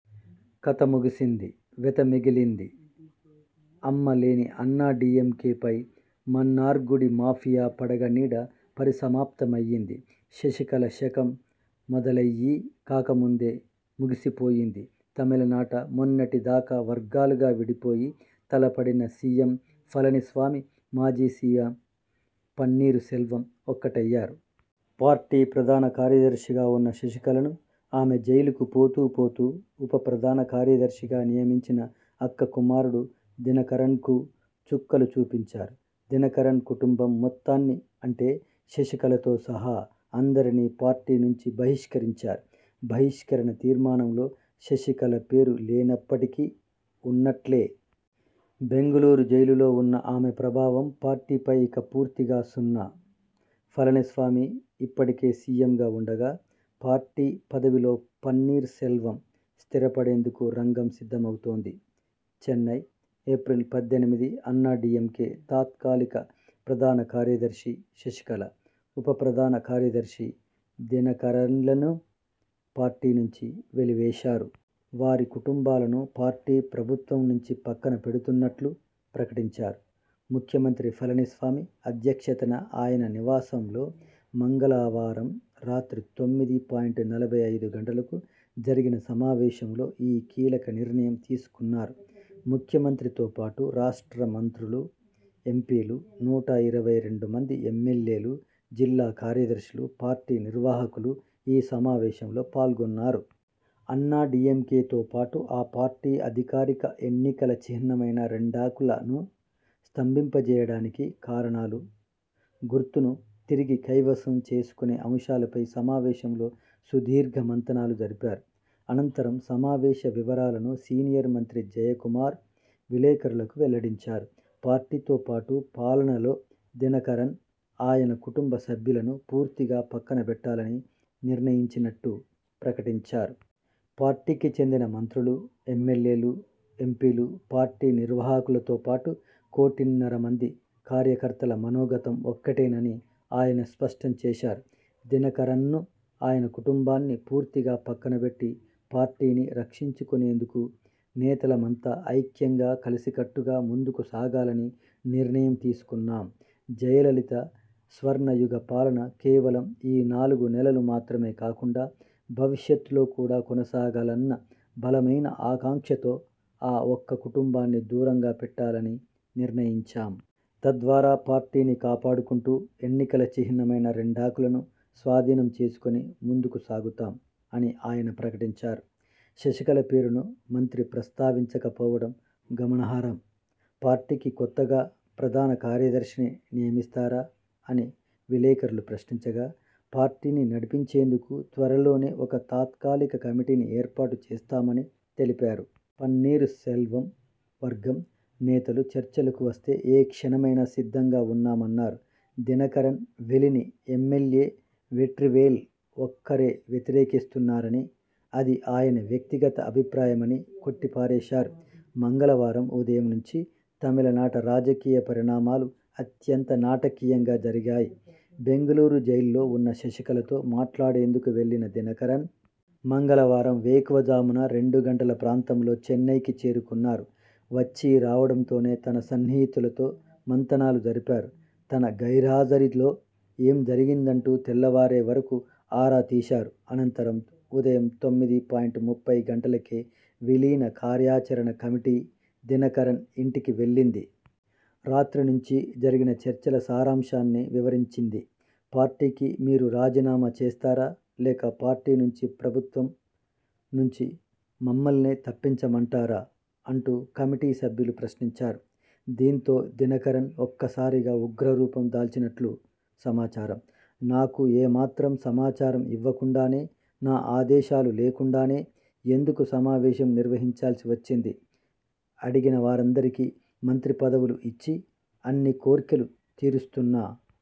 కథ ముగిసింది. వెత మిగిలింది. 'అమ్మ' లేని అన్నా డీఎంకే పై మన్నార్గుడి మాఫియా పడగ నీడ పరిసమాప్తమైంది. శశికళ శకం మొదలయ్యీ కాకముందే ముగిసిపోయింది. తమిళనాట మొన్నటి దాకా వర్గాలుగా విడిపోయి తలపడిన సీఎం పళని స్వామి, మాజీ సీఎం పన్నీర్ సెల్వం ఒక్కటయ్యారు. పార్టీ ప్రధాన కార్యదర్శిగా ఉన్న శశికళను, ఆమె జైలుకు పోతూ పోతూ ఉప ప్రధాన కార్యదర్శిగా నియమించిన 'అక్క కుమారుడు' దినకరన్కూ చుక్కలు చూపించారు. దినకరన్ కుటుంబం మొత్తాన్నిఅంటే శశికళతో సహా అందరినీ పార్టీ నుంచి బహిష్కరించారు. బహిష్కరణ తీర్మానంలో శశికళ పేరు లేనప్పటికీ ఉన్నట్లే! బెంగళూరు జైలులో ఉన్న ఆమె ప్రభావం పార్టీపై ఇక పూర్తిగా సున్నా! పళనిస్వామి ఇప్పటికే సీఎంగా ఉండగా పార్టీ పదవిలో పన్నీర్ సెల్వం స్థిరపడేందుకు రంగం సిద్ధమవుతోంది. చెన్నై, ఏప్రిల్ పద్దెనిమిది అన్నా డీఎంకే తాత్కాలిక ప్రధాన కార్యదర్శి శశికళ, ఉప ప్రధాన కార్యదర్శి దినకరన్లను పార్టీ నుంచి వెలి వేశారు. వారి కుటుంబాలను పార్టీ, ప్రభుత్వం నుంచి పక్కన పెడుతున్నట్లు ప్రకటించారు. ముఖ్యమంత్రి పళని స్వామి అధ్యక్షతన ఆయన నివాసంలో మంగళవారం రాత్రి తొమ్మిది పాయింట్ నలభై ఐదు గంటలకు జరిగిన సమావేశంలో ఈ కీలక నిర్ణయం తీసుకున్నారు. ముఖ్యమంత్రితో పాటు రాష్ట్ర మంత్రులు, ఎంపీలు, నూట ఇరవై రెండు మంది ఎమ్మెల్యేలు, జిల్లా కార్యదర్శులు, పార్టీ నిర్వాహకులు ఈ సమావేశంలో పాల్గొన్నారు. అన్నా డీఎంకేతో పాటు ఆ పార్టీ అధికారిక ఎన్నికల చిహ్నమైన రెండాకులను స్తంభింపజేయడానికి కారణాలు, గుర్తును తిరిగి కైవసం చేసుకునే అంశాలపై సమావేశంలో సుదీర్ఘ మంతనాలు జరిపారు. అనంతరం సమావేశ వివరాలను సీనియర్ మంత్రి జయకుమార్ విలేకరులకు వెల్లడించారు. పార్టీతో పాటు పాలనలో దినకరన్, ఆయన కుటుంబ సభ్యులను పూర్తిగా పక్కనబెట్టాలని నిర్ణయించినట్టు ప్రకటించారు. పార్టీకి చెందిన మంత్రులు, ఎమ్మెల్యేలు, ఎంపీలు, పార్టీ నిర్వాహకులతోపాటు కోటిన్నర మంది కార్యకర్తల మనోగతం ఒక్కటేనని ఆయన స్పష్టం చేశారు. ''దినకరన్ను, ఆయన కుటుంబాన్ని పూర్తిగా పక్కనబెట్టి పార్టీని రక్షించుకునేందుకు నేతలమంతా ఐక్యంగా కలిసికట్టుగా ముందుకు సాగాలని నిర్ణయం తీసుకున్నాం. జయలలిత స్వర్ణయుగ పాలన కేవలం ఈ నాలుగు నెలలు మాత్రమే కాకుండా, భవిష్యత్లో కూడా కొనసాగాలన్న బలమైన ఆకాంక్షతో ఆ ఒక్క కుటుంబాన్ని దూరంగా పెట్టాలని నిర్ణయించాం. తద్వారా పార్టీని కాపాడుకుంటూ ఎన్నికల చిహ్నమైన రెండాకులను స్వాధీనం చేసుకుని ముందుకు సాగుతాం'' అని ఆయన ప్రకటించారు. శశికళ పేరును మంత్రి ప్రస్తావించక పోవడం గమనార్హం. పార్టీకి కొత్తగా ప్రధాన కార్యదర్శిని నియమిస్తారా అని విలేకరులు ప్రశ్నించగా.. పార్టీని నడిపించేందుకు త్వరలోనే ఒక తాత్కాలిక కమిటీని ఏర్పాటు చేస్తామని తెలిపారు. పన్నీర్ సెల్వం వర్గం నేతలు చర్చలకు వస్తే ఏ క్షణమైనా సిద్ధంగా ఉన్నామన్నారు. దినకరన్ వెలిని ఎమ్మెల్యే వెట్రివేల్ ఒక్కరే వ్యతిరేకిస్తున్నారని, అది ఆయన వ్యక్తిగత అభిప్రాయమని కొట్టి పారేశారు. మంగళవారం ఉదయం నుంచీ తమిళనాట రాజకీయ పరిణామాలు అత్యంత నాటకీయంగా జరిగాయి. బెంగళూరు జైల్లో ఉన్న శశికళతో మాట్లాడేందుకు వెళ్లిన దినకరన్.. మంగళవారం వేకువ జామున రెండు గంటల ప్రాంతంలో చెన్నైకి చేరుకున్నారు. వచ్చీ రావడంతోనే తన సన్నిహితులతో మంతనాలు జరిపారు. తన గైర్హా జరీలో ఏం జరిగిందంటూ తెల్లవారే వరకూ ఆరా తీశారు. అనంతరం ఉదయం తొమ్మిది పాయింట్ ముప్పై గంటలకే విలీన కార్యాచరణ కమిటీ దినకరన్ ఇంటికి వెళ్లింది. రాత్రి నుంచీ జరిగిన చర్చల సారాంశాన్ని వివరించింది. 'పార్టీకి మీరు రాజీనామా చేస్తారా? లేక పార్టీ నుంచి ప్రభుత్వం నుంచి మమ్మల్నే తప్పించమంటారా? ' అంటూ కమిటీ సభ్యులు ప్రశ్నించారు. దీంతో దినకరన్ ఒక్కసారిగా ఉగ్రరూపం దాల్చినట్లు సమాచారం. ''నాకు ఏమాత్రం సమాచారం ఇవ్వకుండానే, నా ఆదేశాలు లేకుండానే ఎందుకు సమావేశం నిర్వహించాల్సి వచ్చింది? అడిగిన వారందరికీ మంత్రి పదవులు ఇచ్చి, అన్ని కోర్కెలూ తీరుస్తున్నా